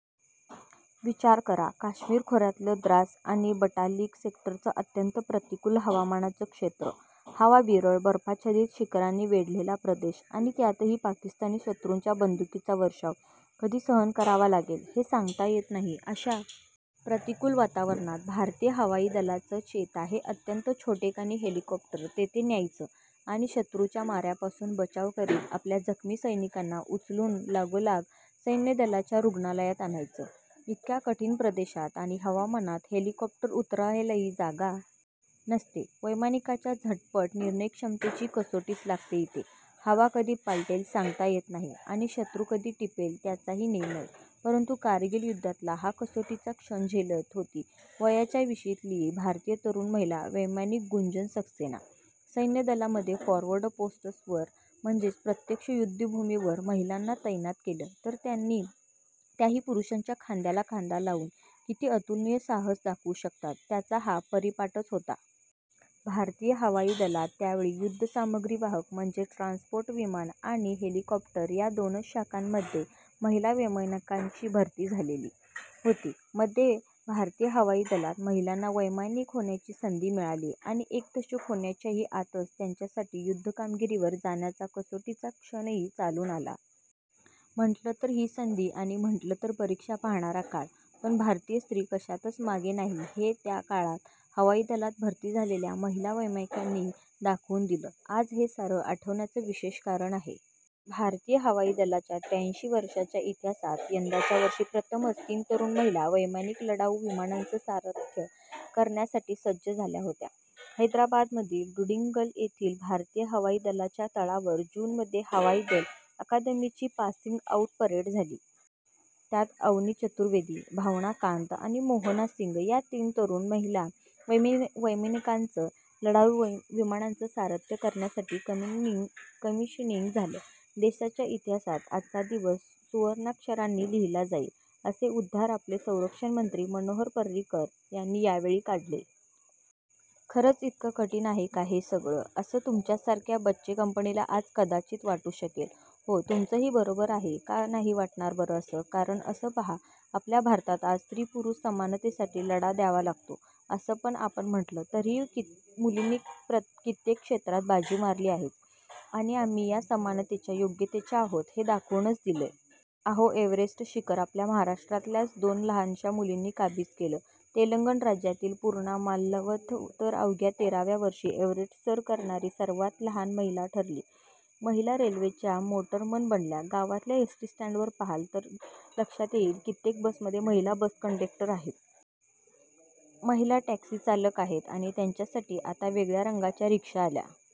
विचार करा, काश्मीर खोऱ्यातलं द्रास आणि बटालिक सेक्टरचं अत्यंत प्रतिकूल हवामानाचं क्षेत्र. हवा विरळ, बर्फाच्छादित शिखरांनी वेढलेला प्रदेश आणि त्यातही पाकिस्तानी शत्रूंच्या बंदुकीचा वर्षाव कधी सहन करावा लागेल, हे सांगता येत नाही. अशा प्रतिकूल वातावरणात भारतीय हवाई दलाचं चीता हे अत्यंत छोटेखानी हेलिकॉप्टर तिथे न्यायचं आणि शत्रूच्या माऱ्यापासून बचाव करीत आपल्या जखमी सैनिकांना उचलून लगोलग सैन्यदलाच्या रुग्णालयात आणायचं… इतक्या कठीण प्रदेशात आणि हवामानात हेलिकॉप्टर उतरवायलाही जागा नसते… वैमानिकाच्या झटपट निर्णयक्षमतेची कसोटीच लागते इथे… हवा कधी पालटेल सांगता येत नाही आणि शत्रू कधी टिपेल, त्याचाही नेम नाही… परंतु कारगिल युद्धातला हा कसोटीचा क्षण झेलत होती वयाच्या विशीतली भारतीय तरुण महिला वैमानिक गुंजन सक्सेना… सैन्यदलांमध्ये फॉरवर्ड पोस्ट्सवर म्हणजेच प्रत्यक्ष युद्धभूमीवर महिलांना तैनात केलं, तर त्याही पुरुषांच्याच खांद्याला खांदा लावून किती अतुलनीय साहस दाखवू शकतात, त्याचा हा परिपाठच होता. भारतीय हवाई दलात त्यावेळी युद्धसामग्रीवाहक म्हणजेच ट्रान्सपोर्ट विमानं आणि हेलिकॉप्टर या दोनच शाखांमध्ये महिला वैमानिकांची भरती झालेली होती. मध्ये भारतीय हवाई दलात महिलांना वैमानिक होण्याची संधी मिळाली आणि एक दशक होण्याच्याही आतच त्यांच्यासाठी युद्धकामगिरीवर जाण्याचा कसोटीचा क्षणही चालून आला. म्हटलं तर ही संधी आणि म्हटलं तर परीक्षा पाहणारा काळ. पण भारतीय स्त्री कशातच मागे नाही, हे या काळात हवाई दलात भरती झालेल्या महिला वैमानिकांनी दाखवून दिलं. आज हे सारं आठवण्याचं विशेष कारण आहे. भारतीय हवाई दलाच्या त्र्याऐंशी वर्षांच्या इतिहासात यंदाच्या वर्षी प्रथमच तीन तरुण महिला वैमानिक लढाऊ विमानांचं सारथ्य करण्यासाठी सज्ज झाल्या आहेत. हैदराबादमधील डुंडिगल येथील भारतीय हवाई दलाच्या तळावर जूनमध्ये हवाई दल अकादमीची पासिंग आऊट परेड झाली. त्यात अवनी चतुर्वेदी, भावना कांत आणि मोहना सिंग या तीन तरुण महिला वैमानिकांचं लढाऊ विमानांचं सारथ्य करण्यासाठी कमिशनिंग झालं. देशाच्या इतिहासात आजचा दिवस सुवर्णाक्षरांनी लिहिला जाईल, असे उद्गार आपले संरक्षणमंत्री मनोहर पर्रीकर यांनी यावेळी काढले. खरंच, इतकं कठीण आहे का हे सगळं, असं तुमच्यासारख्या बच्चेकंपनीला आज कदाचित वाटू शकेल. हो, तुमचंही बरोबरच आहे. का नाही वाटणार बरं असं? कारण असं पहा, आपल्या भारतात आज स्त्री-पुरुष समानतेसाठी लढा द्यावा लागतो असं आपण म्हटलं, तरीही मुलींनी कित्येक क्षेत्रांत बाजी मारली आहेच आणि आम्ही या समानतेच्या योग्यतेच्या आहोत, हे दाखवूनच दिलंय. अहो, एव्हरेस्ट शिखर आपल्या महाराष्ट्रातल्याच दोन लहानग्या मुलींनी काबीज केलं, तेलंगण राज्यातली पूर्णा मालवथ तर अवघ्या तेराव्या वर्षी एव्हरेस्ट सर करणारी सर्वात लहान महिला ठरली. महिला रेल्वेच्या मोटरमन बनल्या. गावातल्या एसटी स्टँडवर पहाल, तरी लक्षात येईल, कित्येक बसमध्ये महिला बस कंडक्टर आहेत. महिला टॅक्सीचालक आहेत आणि त्यांच्यासाठी आता वेगळ्या रंगाच्या रिक्षा आल्या